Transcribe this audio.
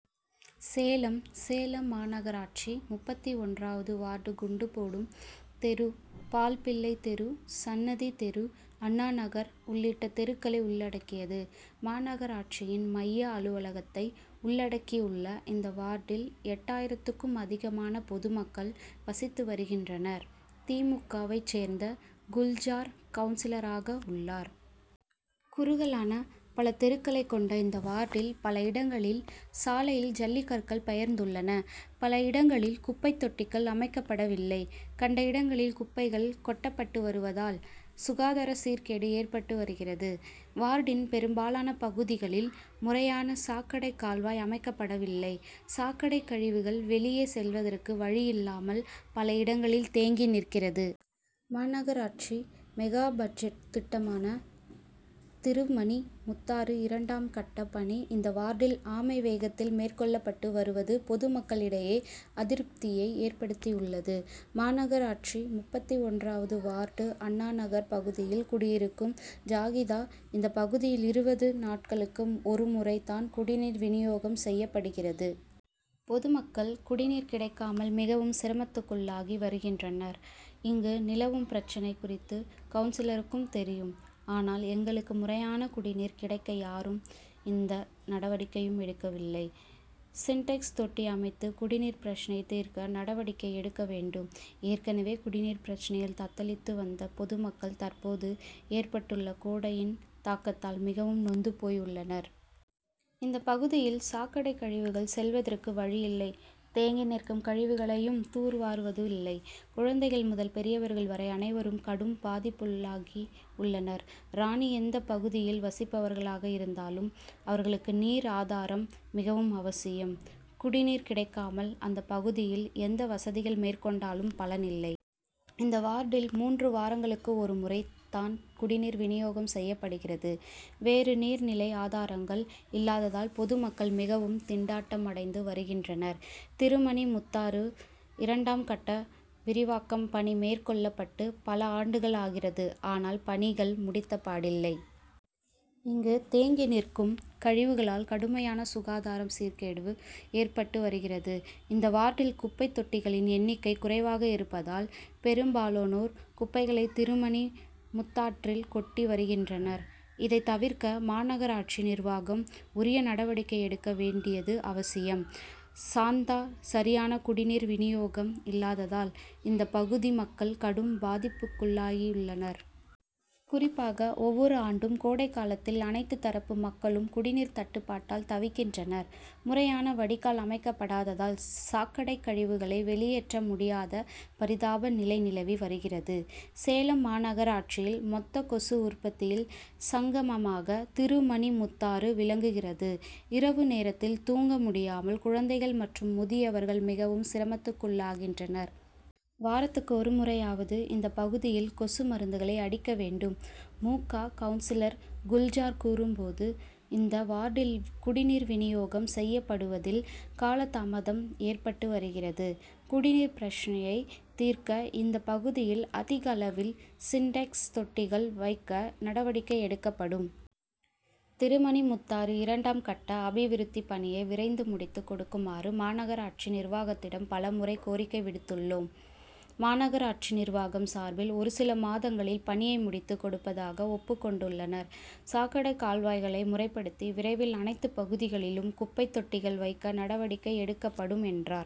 சேலம் சேலம் மாநகராட்சி முப்பத்தி ஒன்றாவது வார்டு குண்டு போடும் தெரு பால்பிள்ளை தெரு சன்னதி தெரு அண்ணாநகர் உள்ளிட்ட தெருக்களை உள்ளடக்கியது. மாநகராட்சியின் மைய அலுவலகத்தை உள்ளடக்கியுள்ள இந்த வார்டில் எட்டாயிரத்துக்கும் அதிகமான பொதுமக்கள் வசித்து வருகின்றனர். தி. மு. க.வை சேர்ந்த குல்ஜார் கவுன்சிலராக உள்ளார். குறுகலான பல தெருக்களை கொண்ட இந்த வார்டில் பல இடங்களில் சாலையில் ஜல்லிக்கற்கள் பெயர்ந்துள்ளன. பல இடங்களில் குப்பை தொட்டிகள் அமைக்கப்படவில்லை. கண்ட இடங்களில் குப்பைகள் கொட்டப்பட்டு வருவதால் சுகாதார சீர்கேடு ஏற்பட்டு வருகிறது. வார்டின் பெரும்பாலான பகுதிகளில் முறையான சாக்கடை கால்வாய் அமைக்கப்படவில்லை. சாக்கடை கழிவுகள் வெளியே செல்வதற்கு வழியில்லாமல் பல இடங்களில் தேங்கி நிற்கிறது. மாநகராட்சி மெகாபட்ஜெட் திட்டமான திருமணி முத்தாறு இரண்டாம் கட்ட பணி இந்த வார்டில் ஆமை வேகத்தில் மேற்கொள்ளப்பட்டு வருவது பொதுமக்கள் இடையே அதிருப்தியை ஏற்படுத்தியுள்ளது. மாநகராட்சி முப்பத்தி ஒன்றாவது வார்டு அண்ணாநகர் பகுதியில் குடியிருக்கும் ஜாகிதா இந்த பகுதியில் இருபது நாட்களுக்கு ஒரு முறை தான் குடிநீர் விநியோகம் செய்யப்படுகிறது. பொதுமக்கள் குடிநீர் கிடைக்காமல் மிகவும் சிரமத்துக்குள்ளாகி வருகின்றனர். இங்கு நிலவும் பிரச்னை குறித்து கவுன்சிலருக்கும் தெரியும். ஆனால் எங்களுக்கு முறையான குடிநீர் கிடைக்க யாரும் எந்த நடவடிக்கையும் எடுக்கவில்லை. சின்டெக்ஸ் தொட்டி அமைத்து குடிநீர் பிரச்னையை தீர்க்க நடவடிக்கை எடுக்க வேண்டும். ஏற்கனவே குடிநீர் பிரச்னையில் தத்தளித்து வந்த பொதுமக்கள் தற்போது ஏற்பட்டுள்ள கோடையின் தாக்கத்தால் மிகவும் நொந்து போயுள்ளனர். இந்த பகுதியில் சாக்கடை கழிவுகள் செல்வதற்கு வழியில்லை. தேங்கி நிற்கும் கழிவுகளையும் தூர்வாருவதில்லை. குழந்தைகள் முதல் பெரியவர்கள் வரை அனைவரும் கடும் பாதிப்புக்குள்ளாகியுள்ளனர். ராணி எந்த பகுதியில் வசிப்பவர்களாக இருந்தாலும் அவர்களுக்கு நீர் ஆதாரம் மிகவும் அவசியம். குடிநீர் கிடைக்காமல் அந்த பகுதியில் எந்த வசதிகள் மேற்கொண்டாலும் பலன் இல்லை. இந்த வார்டில் மூன்று வாரங்களுக்கு ஒரு முறை தான் குடிநீர் விநியோகம் செய்யப்படுகிறது. வேறு நீர் நிலை ஆதாரங்கள் இல்லாததால் பொதுமக்கள் மிகவும் திண்டாட்டம் அடைந்து வருகின்றனர். திருமணி முத்தாறு இரண்டாம் கட்ட விரிவாக்க பணி மேற்கொள்ளப்பட்டு பல ஆண்டுகள் ஆகிறது. ஆனால் பணிகள் முடித்தப்பாடில்லை. இங்கு தேங்கி நிற்கும் கழிவுகளால் கடுமையான சுகாதார சீர்கேடு ஏற்பட்டு வருகிறது. இந்த வார்டில் குப்பை தொட்டிகளின் எண்ணிக்கை குறைவாக இருப்பதால் பெரும்பாலோனோர் குப்பைகளை திருமணி முத்தாற்றில் கொட்டி வருகின்றனர். இதை தவிர்க்க மாநகராட்சி நிர்வாகம் உரிய நடவடிக்கை எடுக்க வேண்டியது அவசியம். சாந்தா சரியான குடிநீர் விநியோகம் இல்லாததால் இந்த பகுதி மக்கள் கடும் பாதிப்புக்குள்ளாகியுள்ளனர். குறிப்பாக ஒவ்வொரு ஆண்டும் கோடை காலத்தில் அனைத்து தரப்பு மக்களும் குடிநீர் தட்டுப்பாட்டால் தவிக்கின்றனர். முறையான வடிகால் அமைக்கப்படாததால் சாக்கடை கழிவுகளை வெளியேற்ற முடியாத பரிதாப நிலை நிலவி வருகிறது. சேலம் மாநகராட்சியில் மொத்த கொசு உற்பத்தியில் சங்கமமாக திருமணி முத்தாறு விளங்குகிறது. இரவு நேரத்தில் தூங்க முடியாமல் குழந்தைகள் மற்றும் முதியவர்கள் மிகவும் சிரமத்துக்குள்ளாகின்றனர். வாரத்துக்கு ஒரு முறையாவது இந்த பகுதியில் கொசு மருந்துகளை அடிக்க வேண்டும். மு. க. கவுன்சிலர் குல்ஜார் கூறும்போது இந்த வார்டில் குடிநீர் விநியோகம் செய்யப்படுவதில் காலதாமதம் ஏற்பட்டு வருகிறது. குடிநீர் பிரச்னையை தீர்க்க இந்த பகுதியில் அதிகளவில் சின்டெக்ஸ் தொட்டிகள் வைக்க நடவடிக்கை எடுக்கப்படும். திருமணி முத்தாறு இரண்டாம் கட்ட அபிவிருத்தி பணியை விரைந்து முடித்து கொடுக்குமாறு மாநகராட்சி நிர்வாகத்திடம் பல முறை கோரிக்கை விடுத்துள்ளோம். மாநகராட்சி நிர்வாகம் சார்பில் ஒரு சில மாதங்களில் பணியை முடித்து கொடுப்பதாக ஒப்புக்கொண்டுள்ளனர். சாக்கடை கால்வாய்களை முறைப்படுத்தி விரைவில் அனைத்து பகுதிகளிலும் குப்பை தொட்டிகள் வைக்க நடவடிக்கை எடுக்கப்படும் என்றார்.